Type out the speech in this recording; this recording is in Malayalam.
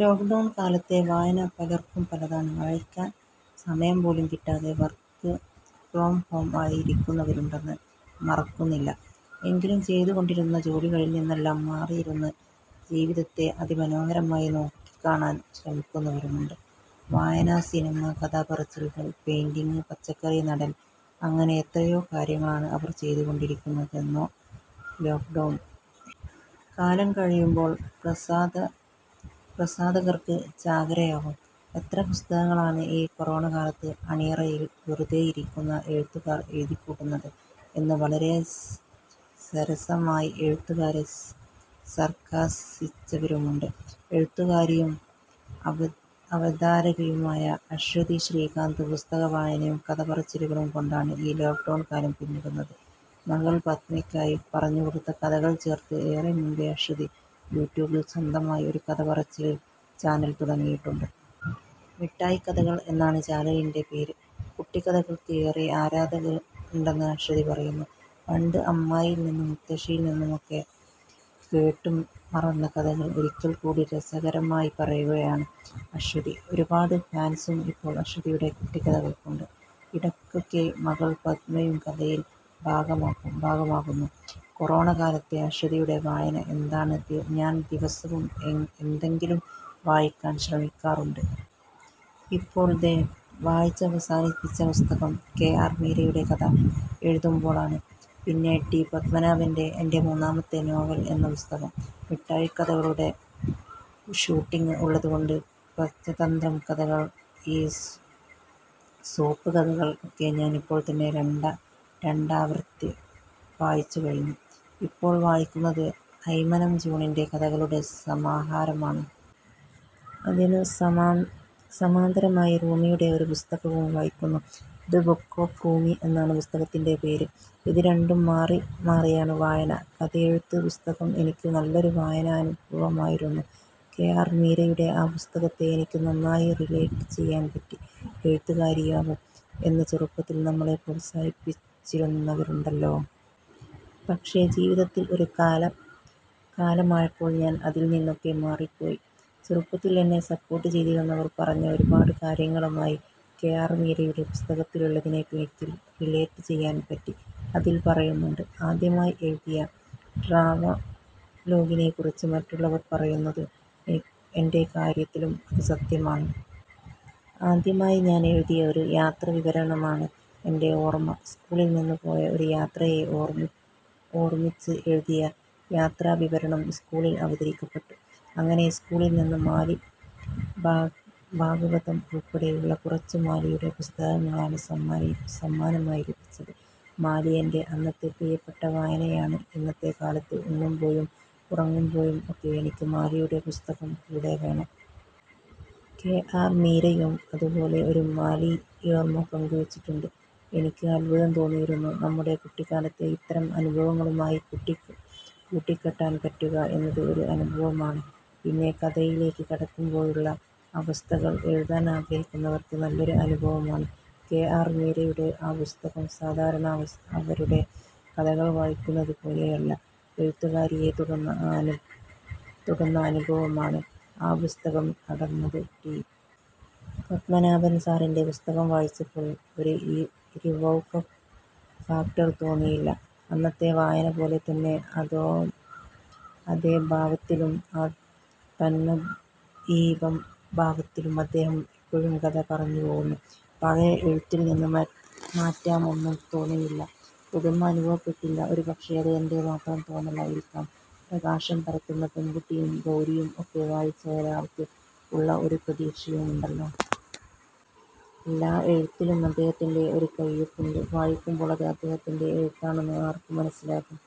ലോക്ഡൗൺ കാലത്തെ വായന പലർക്കും പലതാണ്. വായിക്കാൻ സമയം പോലും കിട്ടാതെ വർക്ക് ഫ്രം ഹോം ആയി ഇരിക്കുന്നവരുമുണ്ടെന്നത് മറക്കുന്നില്ല. എങ്കിലും ചെയ്തുകൊണ്ടിരുന്ന ജോലികളിൽ നിന്നെല്ലാം മാറിയിരുന്ന് ജീവിതത്തെ അതിമനോഹരമായി നോക്കിക്കാണാൻ ശ്രമിക്കുന്നവരുമുണ്ട്. വായന, സിനിമ, കഥപറച്ചിലുകൾ, പെയിന്റിങ്, പച്ചക്കറി നടൽ അങ്ങനെ എത്രയോ കാര്യങ്ങളാണ് അവർ ചെയ്തുകൊണ്ടിരിക്കുന്നതെന്നോ. ലോക്ഡൗൺ കാലം കഴിയുമ്പോൾ പ്രസാധകർക്ക് ചാകരയാവും. എത്ര പുസ്തകങ്ങളാണ് ഈ കൊറോണക്കാലത്ത് അണിയറയിൽ വെറുതെയിരിക്കുന്ന എഴുത്തുകാർ എഴുതിക്കൂട്ടുന്നത് എന്ന് വളരെ സരസമായി എഴുത്തുകാരെ സർക്കാസിച്ചവരുമുണ്ട്. എഴുത്തുകാരിയും അവതാരകയുമായ അശ്വതി ശ്രീകാന്ത് പുസ്തകവായനയും കഥപറച്ചിലുകളും കൊണ്ടാണ് ഈ ലോക്ഡൗൺ കാലം പിന്നിടുന്നത്. മകൾ പദ്മയ്ക്കായി പറഞ്ഞുകൊടുത്ത കഥകൾ ചേർത്ത് ഏറെ മുൻപേ അശ്വതി യൂട്യൂബിൽ സ്വന്തമായി ഒരു കഥപറച്ചിൽ ചാനൽ തുടങ്ങിയിട്ടുണ്ട്. മിട്ടായിക്കഥകൾ എന്നാണ് ചാനലിൻ്റെ പേര്. കുട്ടിക്കഥകൾക്ക് ഏറെ ആരാധകരുണ്ടെന്ന് അശ്വതി പറയുന്നു. പണ്ട് അമ്മയിൽനിന്നും മുത്തശ്ശിയിൽനിന്നുമൊക്കെ കേട്ടുമറന്ന കഥകൾ ഒരിക്കൽ കൂടി രസകരമായി പറയുകയാണ് അശ്വതി. ഒരുപാട് ഫാൻസും ഇപ്പോൾ അശ്വതിയുടെ കുട്ടിക്കഥകൾക്കുണ്ട്. ഇടയ്ക്കൊക്കെ മകൾ പദ്മയും കഥയിൽ ഭാഗമാകുന്നു. കൊറോണക്കാലത്തെ അശ്വതിയുടെ വായന എന്താണ്? ഞാൻ ദിവസവും എന്തെങ്കിലും വായിക്കാൻ ശ്രമിക്കാറുണ്ട്. ഇപ്പോൾ ദേ വായിച്ചവസാനിപ്പിച്ച പുസ്തകം കെ ആർ മീരയുടെ കഥ എഴുതുമ്പോൾ ആണ്. പിന്നെ ടി പത്മനാഭൻ്റെ എൻ്റെ മൂന്നാമത്തെ നോവൽ എന്ന പുസ്തകം. മിട്ടായിക്കഥകളുടെ ഷൂട്ടിങ് ഉള്ളതുകൊണ്ട് പഞ്ചതന്ത്രം കഥകൾ, ഈസോപ്പ് കഥകൾ ഒക്കെ ഞാൻ ഇപ്പോൾ തന്നെ രണ്ടാവർത്തി വായിച്ചുകഴിഞ്ഞു. ഇപ്പോൾ വായിക്കുന്നത് അയ്മനം ജോണിൻ്റെ കഥകളുടെ സമാഹാരമാണ്. അതിനു സമാന്തരമായി റൂമിയുടെ ഒരു പുസ്തകവും വായിക്കുന്നു. ദ് ബുക്ക് ഓഫ് റൂമി എന്നാണ് പുസ്തകത്തിൻ്റെ പേര്. ഇത് രണ്ടും മാറിമാറിയാണ് വായന. കഥയെഴുത്ത് പുസ്തകം എനിക്ക് നല്ലൊരു വായനാനുഭവമായിരുന്നു. കെ ആർ മീരയുടെ ആ പുസ്തകത്തെ എനിക്ക് നന്നായി റിലേറ്റ് ചെയ്യാൻ പറ്റി. എഴുത്തുകാരിയാകും എന്ന് ചെറുപ്പത്തിൽ നമ്മളെ പ്രോത്സാഹിപ്പിച്ചിരുന്നവരുണ്ടല്ലോ. പക്ഷേ ജീവിതത്തിൽ ഒരു കാലമായപ്പോൾ ഞാൻ അതിൽ നിന്നൊക്കെ മാറിപ്പോയി. ചെറുപ്പത്തിൽ എന്നെ സപ്പോർട്ട് ചെയ്തിരുന്നവർ പറഞ്ഞ ഒരുപാട് കാര്യങ്ങളുമായി കെ ആർ മീരയുടെ പുസ്തകത്തിലുള്ളതിനെ എനിക്ക് റിലേറ്റ് ചെയ്യാൻ പറ്റി. അതിൽ പറയുന്നുണ്ട്, ആദ്യമായി എഴുതിയ ട്രാവലോഗിനെക്കുറിച്ച് മറ്റുള്ളവർ പറയുന്നത്. എൻ്റെ കാര്യത്തിലും അതു സത്യമാണ്. ആദ്യമായി ഞാനെഴുതിയ ഒരു യാത്രാവിവരണമാണ് എൻ്റെ ഓർമ. സ്കൂളിൽനിന്നു പോയ ഒരു യാത്രയെ ഓർമിച്ച് എഴുതിയ യാത്രാവിവരണം സ്കൂളിൽ അവതരിപ്പിക്കപ്പെട്ടു. അങ്ങനെ സ്കൂളിൽനിന്ന് മാലി ഭാഗവതം ഉൾപ്പെടെയുള്ള കുറച്ചു മാലിയുടെ പുസ്തകങ്ങളാണ് സമ്മാനമായി ലഭിച്ചത്. മാലി എൻ്റെ അന്നത്തെ പ്രിയപ്പെട്ട വായനയാണ്. അന്നത്തെ കാലത്ത് ഉണ്ണുമ്പോഴും ഉറങ്ങുമ്പോഴും ഒക്കെ എനിക്ക് മാലിയുടെ പുസ്തകം കൂടെ വേണം. കെ ആർ മീരയും അതുപോലെ ഒരു മാലിയോർമ പങ്കുവച്ചിട്ടുണ്ട്. എനിക്ക് അത്ഭുതം തോന്നിയിരുന്നു. നമ്മുടെ കുട്ടിക്കാലത്തെ ഇത്തരം അനുഭവങ്ങളുമായി കൂട്ടിക്കെട്ടാൻ പറ്റുക എന്നത് ഒരു അനുഭവമാണ്. പിന്നെ കഥയിലേക്ക് കടക്കുമ്പോഴുള്ള അവസ്ഥകൾ. എഴുതാൻ ആഗ്രഹിക്കുന്നവർക്ക് നല്ലൊരു അനുഭവമാണ് കെ ആർ മീരയുടെ ആ പുസ്തകം. സാധാരണ അവരുടെ കഥകൾ വായിക്കുന്നത് പോലെയല്ല, എഴുത്തുകാരിയെ തൊടുന്ന അനുഭവമാണ് ആ പുസ്തകം തന്നത്.ടി പത്മനാഭൻ സാറിൻ്റെ പുസ്തകം വായിച്ചപ്പോൾ ഒരു വൗ ഫാക്ടർ തോന്നിയില്ല. അന്നത്തെ വായന പോലെ തന്നെ അതേഭാവത്തിലും തന്മയീഭാവത്തിലും അദ്ദേഹം ഇപ്പോഴും കഥ പറഞ്ഞുപോകുന്നു. പഴയ എഴുത്തിൽനിന്ന് മാറ്റമൊന്നും തോന്നിയില്ല. പുതുമ അനുഭവപ്പെട്ടില്ല. ഒരുപക്ഷേ അത് എൻ്റെ മാത്രം തോന്നലായിരിക്കാം. പ്രകാശം പരത്തുന്ന പെൺകുട്ടിയും ഗൗരിയും ഒക്കെ വായിച്ച ഒരാൾക്ക് ഉള്ള ഒരു പ്രതീക്ഷയുണ്ടല്ലോ. എല്ലാ എഴുത്തിലും അദ്ദേഹത്തിൻ്റെ ഒരു കയ്യൊപ്പുണ്ട്. വായിക്കുമ്പോൾ അത് അദ്ദേഹത്തിൻ്റെ എഴുത്താണെന്ന് ആർക്കും മനസ്സിലാകും.